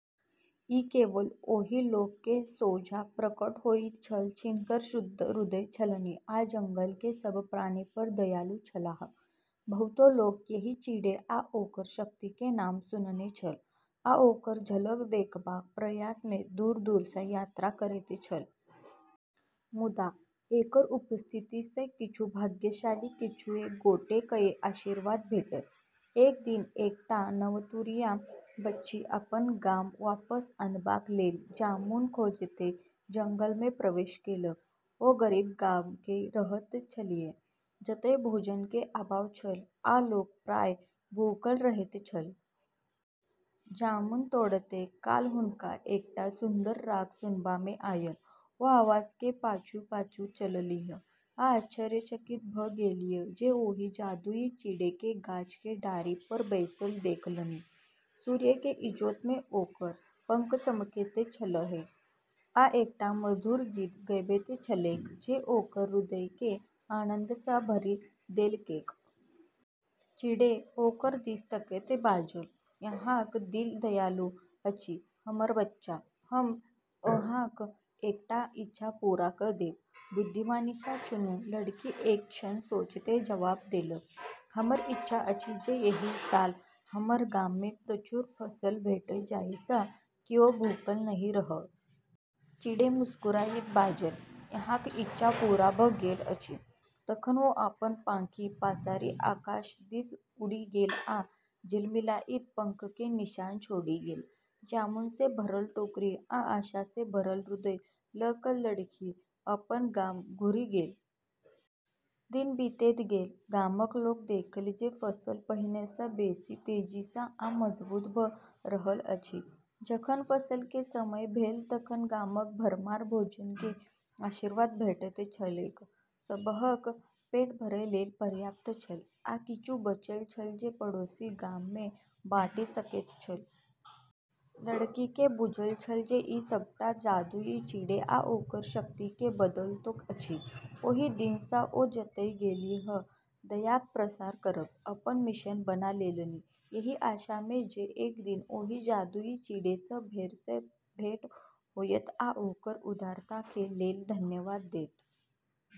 ई केवल ओहि लोक के सोझाँ प्रकट होइत छल जिनकर शुद्ध हृदय छलनि आ जंगल के सभ प्राणी पर दयालु छलाह। बहुतो लोक एहि चिड़ै आ ओकर शक्ति के नाम सुनने छल, आ ओकर झलक देखबाक प्रयास मे दूर-दूर सँ यात्रा करैत छल। मुदा, एकर उपस्थिति सँ किछु भाग्यशाली किछुए गोटे कए आशीर्वाद भेटल। एक दिन एकटा नवतुरिया बच्ची अपन गाम वापस अनबाक लेल जामुन खोजैत जंगल मे प्रवेश केलक। ओ गरीब गाम मे रहैत छलीह, जतय भोजन के अभाव छल, आ लोक प्रायः भूखल रहैत छल। जामुन तोड़ैत काल हुनका एकटा सुन्दर राग सुनबा मे आयल। ओ आवाज के पाछू-पाछू चललीह, आ आश्चर्यचकित भ' गेलीह जे ओहि जादुई चिड़ै केँ गाछ के डारि पर बैसल देखलनि। सूर्य के इजोत मे ओकर पंख चमकैत छलैक, आ एकटा मधुर गीत गबैत छलैक जे ओकर हृदय केँ आनन्द सँ भरि देलकैक। चिड़ै ओकरा दिस तकैत बाजल, "अहाँक दिल दयालु अछि हमर बच्चा। हम अहाँक एकटा इच्छा पूरा क' देब। बुद्धिमानी सँ चुनू।" लड़की एक क्षण सोचैत जवाब देलक, "हमर इच्छा अछि जे एहि साल हमर गाम मे प्रचुर फसल भेटय जाहि सँ कियो भूखल नहि रहय।" चिड़ै मुस्कुराइत बाजल, "अहाँक इच्छा पूरा भ' गेल अछि।" तखन ओ अपन पाँखि पसारि आकाश दिस उड़ि गेल आ झिलमिलाइत पंख के निशान छोड़ि गेल। जामुन सँ भरल टोकरी आ आशा सँ भरल हृदय लऽ कऽ लड़की अपन गाम घुरि गेल। दिन बीतैत गेल, गामक लोक देखल जे फसल पहिने सँ बेसी तेजी सँ आ मजबूत भऽ रहल अछि। जखन फसल के समय भेल तखन गामक भरमार भोजन के आशीर्वाद भेटैत छलैक। सबहक पेट भरय लेल पर्याप्त छल, आ किछु बचल छल जे पड़ोसी गाम मे बाँटि सकैत छल। लड़की के बुझल छल जे ई सबटा जादुई चिड़ै आ ओकर शक्ति के बदौलत अछि। ओहि दिन सँ ओ जतय गेलीह दयाक प्रसार करब अपन मिशन बना लेलनि, एहि आशा मे जे एक दिन ओहि जादुई चिड़ै सँ फेर सँ भेंट होयत आ ओकर उदारता के लेल धन्यवाद देत।